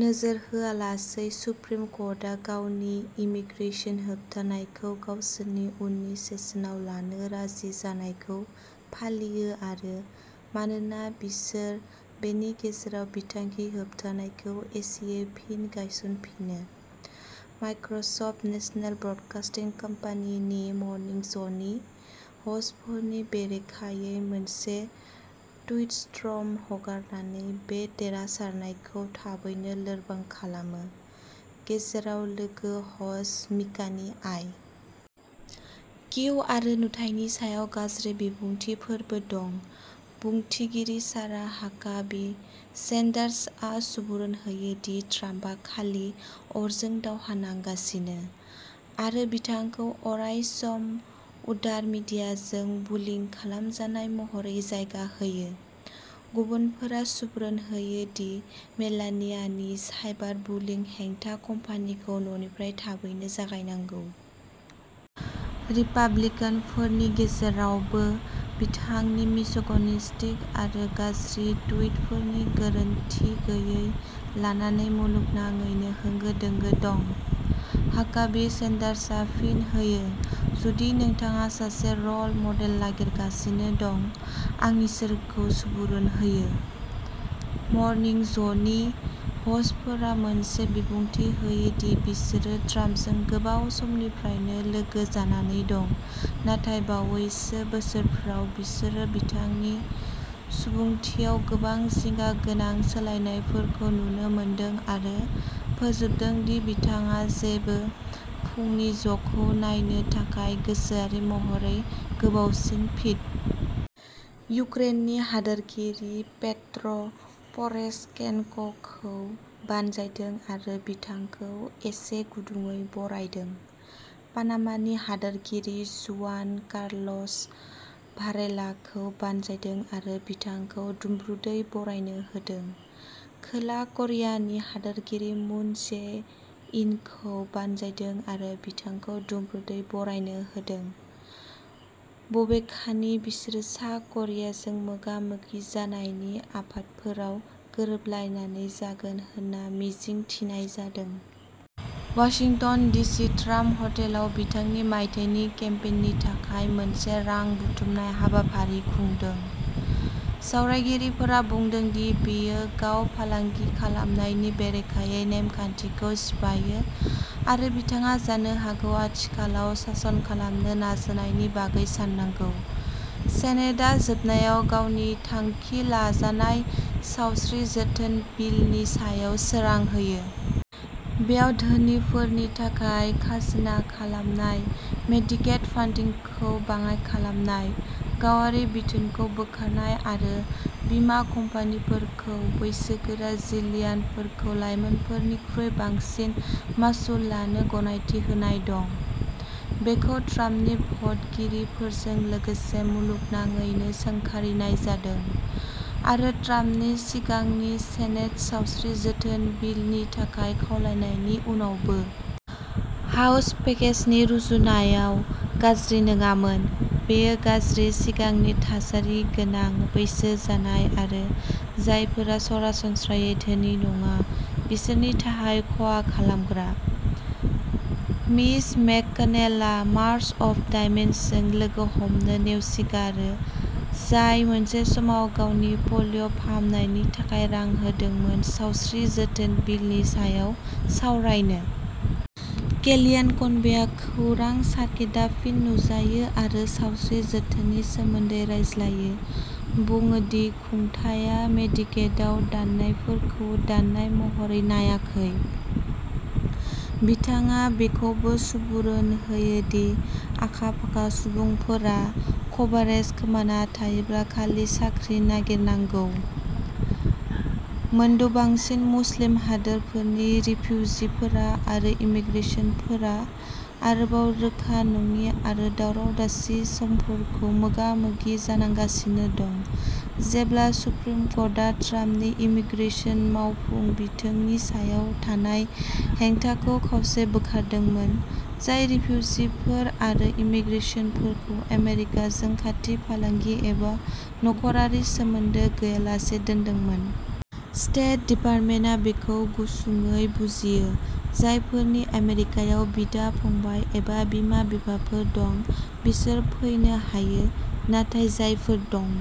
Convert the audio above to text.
नोजोर होआलासै सुप्रिम कर्टआ गावनि इमीग्रेसन होबथानायखौ गावसोरनि उननि सेसनाव लानो राजि जानायखौ फालियो आरो मानोना बिसोर बेनि गेजेराव बिथांखि होबथानायखौ एसेयै फिन गायसनफिनो। माइक्रसप्त नेशनेल ब्रदकासटिं कम्पानी नि मर्निं ज'नि ह'स्टफोरनि बेरेखायै मोनसे टुइटस्टर्म हगारनानै बे देरहासारनायखौ थाबैनो लोरबां खालामो, गेजेराव लोगो ह'स्ट मिकानि आइ. किउ. आरो नुथायनि सायाव गाज्रि बिबुंथिफोरबो दं। बुंथिगिरि सारा हाकाबी-सेन्डार्सआ सुबुरुन होयो दि ट्राम्पआ खालि "अरजों दावहा नांगासिनो" आरो बिथांखौ अरायसम "उदार मिडियाजों बुलिं" खालामजानाय महरै जायगा होयो। गुबुनफोरा सुबुरुन होयो दि मेलानियानि साइबार बुलिं हेंथा कमपानिखौ न'निफ्राय थाबैनो जागायनांगौ। रिपाब्लिकानफोरनि गेजेरावबो, बिथांनि मिसग'निसटिक आरो गाज्रि टुइटफोरनि गोरोनथि गैयै लानानै मुलुगनाङैनो होंगो दोंगो दं। हाकाबी-सेन्डार्सआ फिन होयो, "जुदि नोंथाङा सासे रल मडेल नागिरगासिनो दं, आं इसोरखौ सुबुरुन होयो।" मर्निं ज'नि ह'स्टफोरा मोनसे बिबुंथि होयो दि बिसोरो ट्राम्पजों गोबाव समनिफ्रायनो लोगो जानानै दं, नाथाय बावैसो बोसोरफोराव बिसोरो बिथांनि सुबुंथियाव गोबां जिंगा गोनां सोलायनायफोरखौ नुनो मोनदों आरो फोजोबदों दि बिथाङा जेबो फुंनि ज'खौ नायनो थाखाय गोसोआरि महरै गोबावसिन फिट। इउक्रेननि हादोरगिरि पेट्र'परेशकेनख'खौ बानजायदों आरो बिथांखौ एसे गुदुङै बरायदों। पानामानि हादोरगिरि जुआन कार्ल'स भारेलाखौ बानजायदों आरो बिथांखौ दुंब्रुदै बरायनो होदों। खोला क'रियानि हादोरगिरि मुन जे-इनखौ बानजायदों आरो बिथांखौ दुंब्रुदै बरायनो होदों, बबेखानि बिसोर सा क'रियाजों मोगा-मोगि जानायनि आफादफोराव गोरोबलायनानै जागोन होनना मिजिं थिनाय जादों। वाशिंटन डिसि ट्राम्प हटेलाव बिथांनि मायथाइनि केम्पेइननि थाखाय मोनसे रां बुथुमनाय हाबाफारि खुंदों। सावरायगिरिफोरा बुदोंदि बेयो गाव-फालांगि खालामनायनि बेरेखायै नेमखानथिखौ सिफायो आरो बिथाङा जानो हागौ आथिखालाव सासन खालामनो नाजानायनि बागै साननांगौ। सेनेटआ जोबनायाव गावनि थांखि लाजानाय सावस्रि जोथोन बिलनि सायाव सोरां होयो। बेयाव धोनिफोरनि थाखाय खाजोना खालामनाय, मेडिकेड फान्डिंखौ बाङाइ खालामनाय, गावारि बिथोनखौ बोखारनाय आरो बीमा कम्पानिफोरखौ बैसोगोरा जिलियनफोरखौ लाइमोनफोरनिख्रुइ बांसिन मासुल लानो गनायथि होनाय दं। बेखौ ट्राम्पनि भटगिरिफोरजों लोगोसे मुलुगनाङैनो सोंखारिनाय जादों आरो ट्राम्पनि सिगांनि सेनेट सावस्रि जोथोन बिलनि थाखाय खावलायनायनि उनावबो। हाउस पेकेजनि रुजुनायाव "गाज्रि" नङामोन, बेयो गाज्रिः सिगांनि थासारि गोनां, बैसो जानाय, आरो जायफोरा सरासनस्रायै धोनि नङा, बिसोरनि थाखाय खहा खालामग्रा। मिच मेककनेलआ मार्च अफ डाइम्सजों लोगो हमनो नेवसिगारो जाय मोनसे समाव गावनि पलिय' फाहामनायनि थाखाय रां होदोंमोन सावस्रि जोथोन बिलनि सायाव सावरायनो। केलियान कनवेआ खौरां सार्किटा फिन नुजायो आरो सावस्रि जोथोननि सोमोन्दै रायज्लायो, बुङो दि खुंथायआ मेडिकेडआव दाननायफोरखौ दाननाय महरै नायाखै। बिथाङा बेखौबो सुबुरुन होयो दि "आखा-फाखा" सुबुंफोरा कभारेज खोमाना थायोब्ला खालि साख्रि नागिरनांगौ। मोनद' बांसिन मुस्लिम हादोरफोरनि रिफुजिफोरा आरो इम्मिग्रेसोनफोरा आरोबाव रोखा नङि आरो दावराव-दावसि समफोरखौ मोगा-मोगि जानांगासिनो दं, जेब्ला सुप्रिम कर्टा ट्राम्पनि इमीग्रेसन मावफुं बिथोननि सायाव थानाय हेंथाखौ खावसे बोखारदोंमोन, जाय रिफुजिफोर आरो इम्मिग्रेसनफोरखौ आमेरिकाजों खाथि फालांगि एबा नखरारि सोमोन्दो गैयालासे दोनदोंमोन। स्टेट डिपार्टमेन्टआ बेखौ गुसुंयै बुजियो, जायफोरनि आमेरिकायाव बिदा-फंबाय एबा बिमा-बिफाफोर दं बिसोर फैनो हायो, नाथाय जायफोर दं।